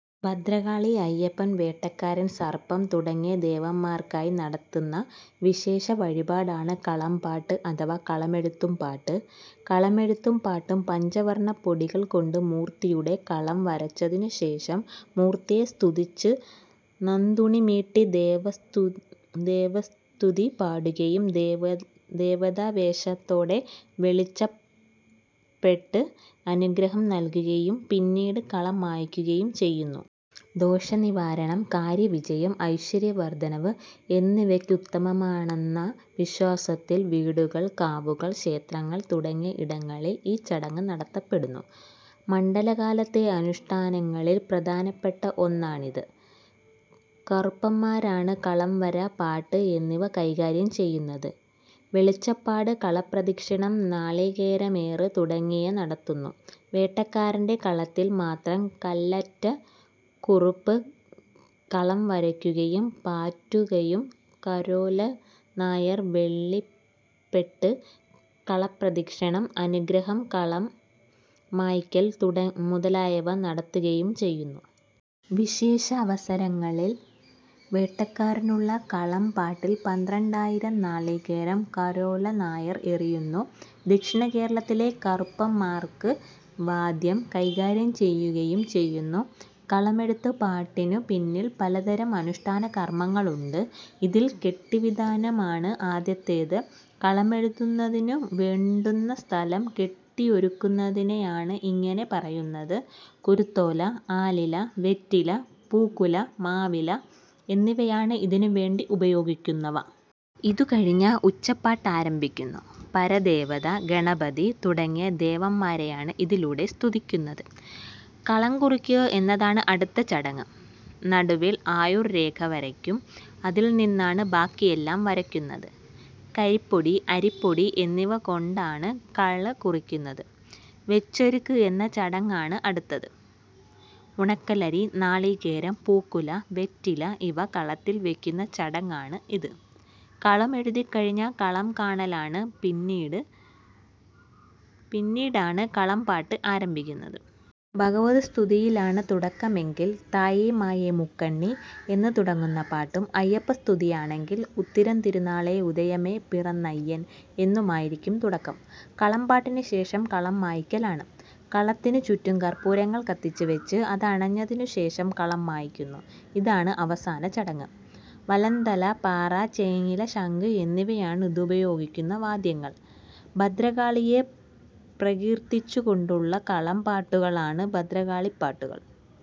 ഭദ്രകാളി, അയ്യപ്പൻ, വേട്ടക്കരൻ, സർപ്പം തുടങ്ങിയ ദേവന്മാർക്കായി നടത്തുന്ന വിശേഷ വഴിപാടാണ് കളംപാട്ട് അഥവാ കളമെഴുത്തുപാട്ട്. കളമെഴുത്തും പാട്ടുംപഞ്ചവർണപ്പൊടികൾ കൊണ്ട് മൂർത്തിയുടെ കളം വരച്ചതിനു ശേഷം മൂർത്തിയെ സ്തുതിച്ച് നന്തുണി മീട്ടി ദേവതാസ്തുതി പാടുകയും ദേവതാവേശത്തോടെ വെളിച്ചപ്പെട്ട് അനുഗ്രഹം നൽകുകയും പിന്നീട് കളം മായ്ക്കുകയും ചെയ്യുന്നു. ദോഷനിവാരണം, കാര്യവിജയം, ഐശ്വര്യവർദ്ധനവ് എന്നിവക്കുത്തമമാണെന്ന വിശ്വാസത്തിൽ വീടൂകൾ, കാവുകൾ, ക്ഷേത്രങ്ങൾ തുടങ്ങിയ ഇടങ്ങളിൽ ഈ ചടങ്ങ് നടത്തപ്പെടുന്നു. മണ്ഡലകാലത്തെ അനുഷ്ഠാനങ്ങളിൽ പ്രധാനപ്പെട്ട ഒന്നാണിത്. കുറുപ്പന്മാരാണ് കളം വര, പാട്ട് എന്നിവ കൈകാര്യം ചെയ്യുന്നത്. വെളിച്ചപ്പാട് കളപ്രദക്ഷിണം നാളീകേരമേറ് തുടങ്ങിയവ നടത്തുന്നു. വേട്ടക്കരന്റെ കളത്തിൽ മാത്രം കല്ലാറ്റക്കുറുപ്പ് കളം വരക്കുകയും പാറ്റുകയും കാരോലനായർ വെളിപ്പെട്ട് കളപ്രദക്ഷിണം, അനുഗ്രഹം കളം മായ്ക്കൽ മുതലായവ നടത്തുകയും ചെയ്യുന്നു. വിശേഷാവസരങ്ങളിൽ വേട്ടക്കരനുള്ള കളം പാട്ടിൽ പന്ത്രണ്ടായിരം നാളികേരം കാരോലനായർ എറിയുന്നു. ദക്ഷിണകേരളത്തിലെ കുറുപ്പന്മാർക്ക് വാദ്യം കൈകാര്യം ചെയ്യുകയും ചെയ്യുന്നു. കളമെഴുത്ത് പാട്ടിനു പിന്നിൽ പലതരം അനുഷ്ടാനകർമ്മങ്ങളുണ്ട്. ഇതിൽ കെട്ടിവിതാനമാണ് ആദ്യത്തേത്. കളമെഴുതുന്നതിനു വേണ്ടുന്ന സ്ഥലം കെട്ടിയൊരുക്കുന്നതിനെയാണ് ഇങ്ങനെ പറയുന്നത്. കുരുത്തോല, ആലില, വെറ്റില, പൂക്കുല, മാവില എന്നിവയാണ് ഇതിനുവേണ്ടി ഉപയോഗിക്കുന്നവ. ഇതുകഴിഞ്ഞാൽ ഉച്ചപ്പാട്ടാരംഭിക്കും. പരദേവത, ഗണപതി, തുടങ്ങിയ ദേവതമാരെയാണ് ഇതിലൂടെ സ്തുതിക്കുന്നത്. കളംകുറിക്കുക എന്നതാണ് അടുത്ത ചടങ്ങ്. നടുവിൽ ആയുർ രേഖ വരയ്ക്കും അതിൽനിന്നാണ് ബാക്കിയെല്ലാം വരയ്ക്കുന്നത്. കരിപ്പൊടി, അരിപ്പൊടി, എന്നിവ കൊണ്ടാണ്കള് കുറിക്കുന്നത്. വെച്ചൊരുക്ക് എന്നചടങ്ങാണ് അടുത്തത്. ഉണക്കലരി, നാളീകേരം, പൂക്കുല, വെറ്റില ഇവ കളത്തിൽ വയ്ക്കുന്നചടങ്ങാണ് ഇത്. കളം എഴുതിക്കഴിഞ്ഞാൽ കളംകാണലാണ്. പിന്നീടാണ് കളംപാട്ട് ആരംഭിക്കുന്നത്. ഭഗവതി സ്തുതിയിലാണ് തുടക്കമെങ്കിൽ "തായേ മായേ മുക്കണ്ണി "എന്നുതുടങ്ങുന്നപാട്ടും അയ്യപ്പസ്തുതിയാണെങ്കിൽ "ഉത്തിരം തിരുനാളേ ഉദയമേ പിറന്നയ്യൻ"എന്നുമായിരിക്കം തുടക്കം. കളം പാട്ടിനുശേഷം കളം മായ്ക്കലാണ്. കളത്തിനുചുറ്റും കർപ്പൂരങ്ങൾ കത്തിച്ചുവച്ച് അതണഞ്ഞതിനുശേഷം കളം മായ്ക്കുന്നു. ഇതാണ് അവസാനചടങ്ങ്. വലന്തല, പറ, ചേങ്ങില, ശംഖ്, എന്നിവയാണ് ഇതിലുപയോഗിക്കുന്ന വാദ്യങ്ങൾ. ഭദ്രകാളിയെ പ്രകീർത്തിച്ചുകൊണ്ടുള്ള കളം പാട്ടുകളാണ് ഭദ്രകാളിപാട്ടുകൾ.